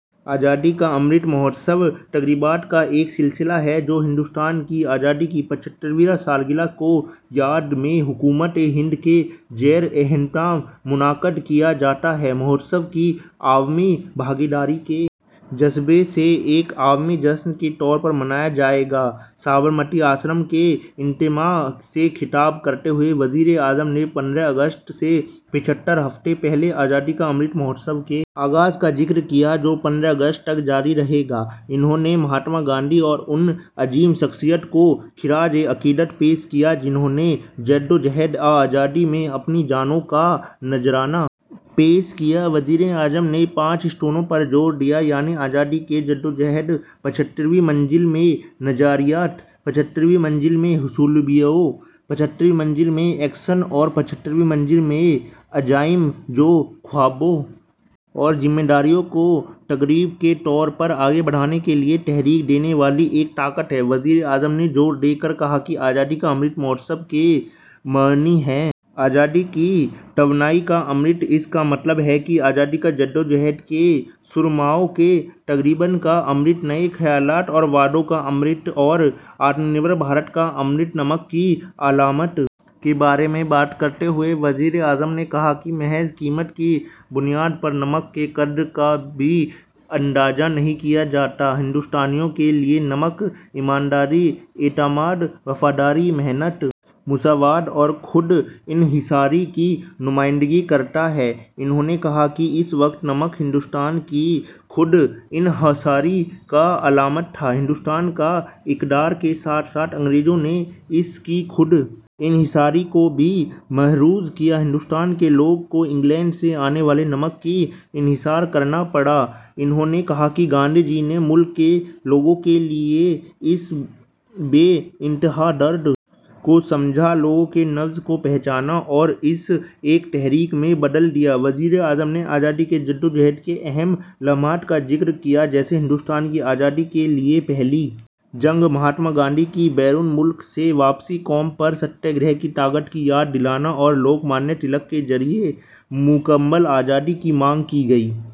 آزادی کا امرت مہوتسو تقریبات کا ایک سلسلہ ہے جو ہندوستان کی آزادی کی پچہترویں سالگرہ کی یاد میں حکومت ہند کے زیر اہتمام منعقد کیا جاتا ہے مہوتسو کو عوامی بھاگیداری کے جذبے سے ایک عوامی جشن کے طور پر منایا جائے گا سابرمتی آشرم میں اجتماع سے خطاب کرتے ہوئے وزیر اعظم نے پندرہ اگست سے پچہتر ہفتوں پہلے آزادی کا امرت مہوتسو کے آغاز کا ذکر کیا جو پندرہ اگست تک جاری رہے گا انہوں نے مہاتما گاندھی اور ان عظیم شخصیات کو خراج عقیدت پیش کیا جنہوں نے جدوجہد آزادی میں اپنی جانوں کا نذرانہ پیش کیا وزیر اعظم نے پانچ ستونوں پر زور دیا یعنی آزادی کی جدوجہد پچہترویں منزل میں نظریات پچہترویں منزل میں حصولیابیاں پچہترویں منزل میں ایکشنز اور پچہترویں منزل میں عزائم جو خوابوں اور ذمہ داریوں کو ترغیب کے طور پر آگے بڑھنے کے لیے تحریک دینے والی ایک طاقت ہیں وزیر اعظم نے زور دے کر کہا کہ آزادی کا امرت مہوتسو کے معنی ہیں آزادی کی توانائی کا امرت اس کا مطلب ہے آزادی کی جدوجہد کے سورماؤں کی ترغیب کا امرت نئے خیالات اور وعدوں کا امرت اور آتم نربھر بھارت کا امرت نمک کی علامت کے بارے میں بات کرتے ہوئے وزیر اعظم نے کہا کہ محض قیمت کی بنیاد پر نمک کی قدر کا کبھی اندازہ نہیں کیا جاتا ہندوستانیوں کے لیے نمک ایمانداری اعتماد وفاداری محنت مساوات اور خود انحصاری کی نمائندگی کرتا ہے انہوں نے کہا کہ اس وقت نمک ہندوستان کی خود انحصاری کی علامت تھا ہندوستان کی اقدار کے ساتھ ساتھ انگریزوں نے اس کی خود انحصاری کو بھی مجروح کیا ہندوستان کے لوگوں کو انگلینڈ سے آنے والے نمک پر انحصار کرنا پڑا انہوں نے کہا کہ گاندھی جی نے ملک کے لوگوں کے اس بے انتہا درد کو سمجھا لوگوں کی نبض کو پہچانا اور اسے ایک تحریک میں بدل دیا وزیر اعظم نے آزادی کی جدوجہد کے اہم لمحات کا ذکر کیا جیسے ہندوستان کی آزادی کے لیے پہلی جنگ مہاتما گاندھی کی بیرون ملک سے واپسی قوم کو ستیہ گرہ کی طاقت کی یاد دلانا اور لوک مانیہ تلک کے ذریعہ مکمل آزادی کی مانگ کی گئی